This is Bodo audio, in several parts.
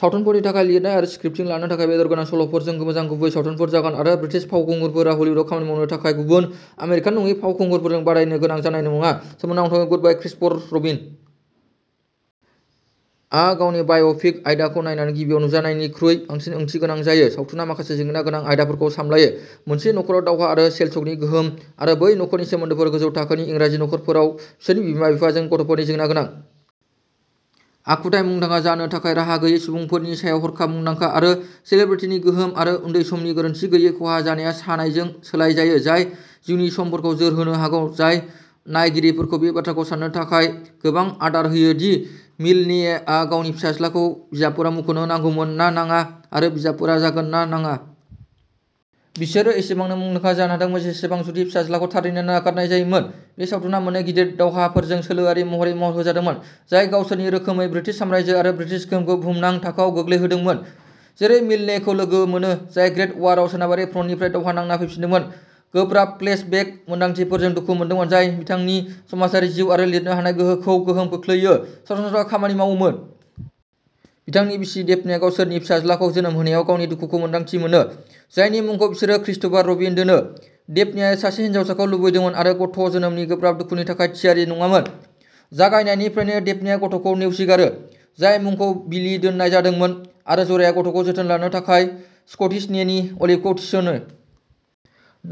सावथुनफोरनि थाखाय लिरनाय आरो स्क्रिप्टिं लानो थाखाय, बेदर गोनां सल'फोरजों मोजां गुबै सावथुनफोर जागोन आरो ब्रिटिश फावखुंगुरफोरा हलिउदाव खामानि मावनो थाखाय गुबुन आमेरिकान नङि फावखुंगुरफोरजों बादायनो गोनां जानाय नङा। सोमोनांथावै, गुडबाय क्रिस्ट'फर रबिन आ गावनि बाय'पिक आयदाखौ नायनानै गिबियाव नुजानायनिख्रुइ बांसिन ओंथिगोनां जायो सावथुना माखासे जेंनागोनां आयदाफोरखौ सामलायो मोनसे नख'राव दावहा आरो सेलश'कनि गोहोम आरो बै नख'रनि सोमोन्दोफोर गोजौ थाखोनि इंराजि नखरफोराव बिसोरनि बिमा-बिफाजों गथ'फोरनि जेंनागोनां आखुथाय मुंदांखा जानो थाखाय राहा गैयै सुबुंफोरनि सायाव हरखाब मुंदांखा आरो सेलिब्रिटिनि गोहोम आरो उन्दै समनि गोरोनथि गैयै खहा जानाया सानायजों सोलाय जायो जाय जिउनि समफोरखौ जोरहोनो हागौ जाय नायगिरिफोरखौ बे बाथ्राखौ सान्नो थाखाय गोबां आदार होयो दि मिल्नेआ गावनि फिसाज्लाखौ बिजाबफोराव मुंख'नो नांगौमोन ना नाङा आरो बिजाबफोरा जागोन ना नाङा। बिसोरो एसेबांनो मुंदांखा जानो हादोंमोन जेसेबां जुदि फिसाज्लाखौ थारैनो नागारनाय जायोमोन। बे सावथुना मोननै गिदिर दावहाफोरजों सोलोआरि महरै महर होजादोंमोन, जाय गावसोरनि रोखोमै ब्रिटिश साम्रायजो आरो ब्रिटिश गोहोमखौ बुहुमनां थाखोआव गोग्लैहोदोंमोन। जों मिल्ने खौ लोगो मोनो, जाय ग्रेट वारआव सोनाबारि फ्रन्टनिफ्राय दावहा नांना फैफिनदोंमोन, गोब्राब फ्लेश बेक मोनदांथिफोरजों दुखु मोनदोंमोन जाय बिथांनि समाजारि जिउ आरो लिरनो हानाय गोहोखौ गोहोम खोख्लैयो, सरासनस्रा खामानि मावोमोन। बिथांनि बिसि डेफने आ गावसोरनि फिसाज्लाखौ जोनोम होनायाव गावनि दुखुखौ मोन्दांथि मोनो, जायनि मुंखौ बिसोरो क्रिस्ट'फर रबिन दोनो डेफनेआ सासे हिनजावखौ लुबैदोंमोन आरो गथ' जोनोमनि गोब्राब दुखुनि थाखाय थियारि नङामोन। जागायनायनिफ्रायनो डेफनेआ गथ'खौ नेवसिगारो, जायनि मुंखौ बिलि दोननाय जादोंमोन आरो जराया गथ'खौ जोथोन लानो थाखाय स्कटिस नेनी अलिभ खौ थिसनो।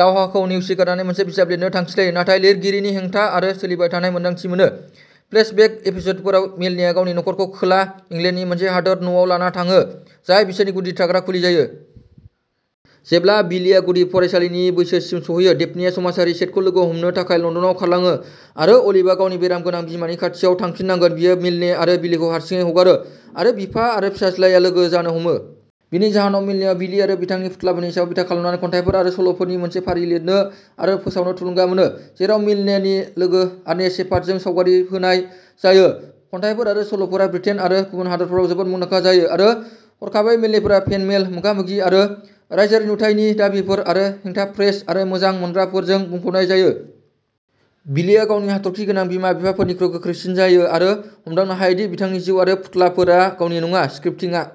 दावहाखौ नेवसिगारनानै मोनसे बिजाब लिरनो थांखि लायो, नाथाय लिरगिरिनि हेंथा आरो सोलिबाय थानाय मोन्दांथि मोनो। फ्लैश बेक एपिस'डफोराव, मिल्नेआ गावनि नखरखौ खोला इंलेन्डनि मोनसे हादोर न'आव लाना थाङो, जाय बिसोरनि गुदि थाग्रा खुलि जायो। जेब्ला बिलीया गुदि फरायसालिनि बैसोसिम सौहैयो, डेफनेआ समाजारि सेटखौ लोगो हमनो थाखाय लन्दनाव खारलाङो आरो अलिभआ गावनि बेराम गोनां बिमानि खाथियाव थांफिननांगोन बेयो मिल्ने आरो बिलीखौ हारसिङै हगारो आरो बिफा आरो फिसाज्लाया लोगो जानो हमो। बेनि जाहोनाव मिल्नेआ बिली आरो बिथांनि फुथुलाफोरनि सायाव बिथा खालामनानै खन्थाइफोर आरो सल'फोरनि मोनसे फारि लिरनो आरो फोसावनो थुलुंगा मोनो, जेराव मिल्नेनि लोगो आर्नेस्ट शेपार्ड जों सावगारिफोर होनाय जायो। खन्थाइफोर आरो सल'फोरा ब्रिटेन आरो गुबुन हादोरफोराव जोबोद मुंदांखा जायो आरो हरखाबै मिल्नेफोरा फेन मेल, मोगा-मोगि आरो रायजोआरि नुथायनि दाबिफोर आरो हेंथा प्रेस आरो मोजां मोनग्राफोरजों बुंफबनाय जायो। बिलीया गावनि हाथरखि गोनां बिमा-बिफाफोरनिख्रुइ गोख्रैसिन जायो आरो हमदांनो हायो दि बिथांनि जिउ आरो फुथुलाफोरा गावनि नङा। स्क्रिप्टिंआ